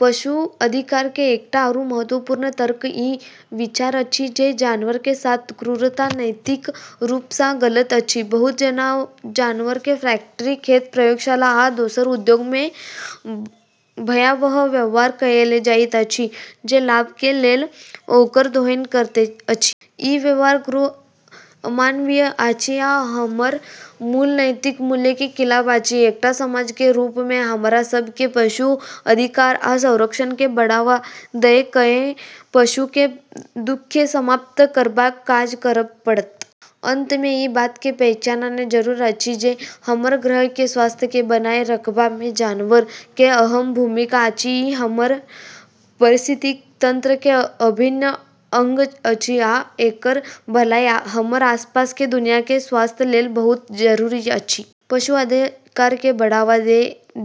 पशु अधिकार के एकटा आरू महत्वपूर्ण तर्क ई विचार अछि जे जानवर के साथ क्रूरता नैतिक रूप सँ गलत अछि। बहुत जानवर के फैक्ट्री खेत, प्रयोगशाला, आ दोसर उद्योग मे भयावह व्यवहार कएल जाइत अछि जे लाभ के लेल ओकर दोहन करैत अछि। ई व्यवहार क्रूर, अमानवीय अछि आ हमर मूल नैतिक मूल्य के खिलाफ अछि। एकटा समाज के रूप मे हमरा सब के पशु अधिकार आ संरक्षण के बढ़ावा दए कए पशु के दुख के समाप्त करबाक काज करब पड़त। अंत मे ई बात के पहचाननाय जरूरी अछि जे हमर ग्रह के स्वास्थ्य के बनाए रखबा मे जानवर के अहम भूमिका अछि। ई हमर पारिस्थितिकी तंत्र के अभिन्न अंग अछि, आ एकर भलाई हमर आसपास के दुनिया के स्वास्थ्य लेल बहुत जरूरी अछि। पशु अधिकार के बढ़ावा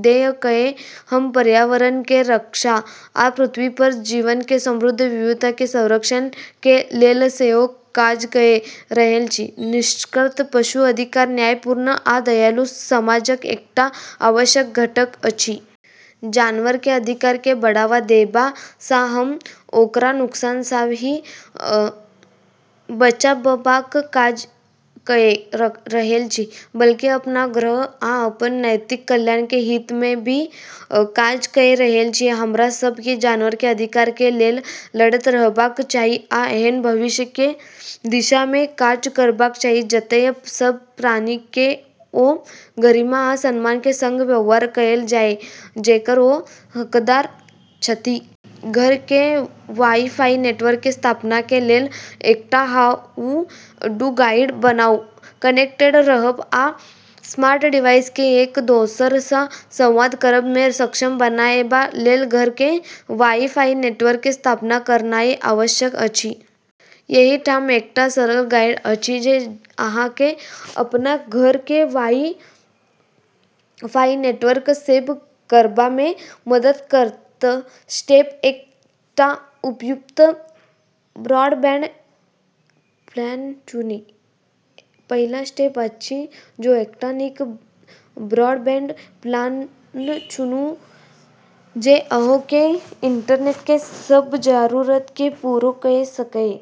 दए कए हम पर्यावरण के रक्षा आ पृथ्वी पर जीवन के समृद्ध विविधता के संरक्षण के लेल सेहो काज कए रहल छी। निष्कर्षतः पशु अधिकार न्यायपूर्ण आ दयालु समाजक एकटा आवश्यक घटक अछि। जानवर के अधिकार के बढ़ावा देबा सँ हम ओकरा नुकसान सँ ही बचाबबाक काज कए रहल छी, बल्कि अपन ग्रह आ अपन नैतिक कल्याण के हित मे भी काज कए रहल छी। हमरा सब के जानवर के अधिकार के लेल लड़ैत रहबाक चाही आ एहन भविष्य के दिशा मे काज करबाक चाही जतय सब प्राणी के ओ गरिमा आ सम्मान के संग व्यवहार कएल जाय जेकर ओ हकदार छथि। घर के वाई-फाई नेटवर्क के स्थापना के लेल एकटा हाउ-टू गाइड बनाऊ। कनेक्टेड रहब आ स्मार्ट डिवाइस के एक दोसर सँ संवाद करब मे सक्षम बनाएबा लेल घर के वाई-फाई नेटवर्क के स्थापना करनाय आवश्यक अछि। एहि ठाम एकटा सरल गाइड अछि जे अहाँ के अपन घर के वाई-फाई नेटवर्क सेट करबा मे मदद करत। स्टेप एक एकटा उपयुक्त ब्रॉडबैंड प्लान चुनू। पहिल स्टेप अछि जे एकटा नीक ब्रॉडबैंड प्लान चुनू जे अहाँ के इंटरनेट के सब जरूरत के पूरा कए सकए।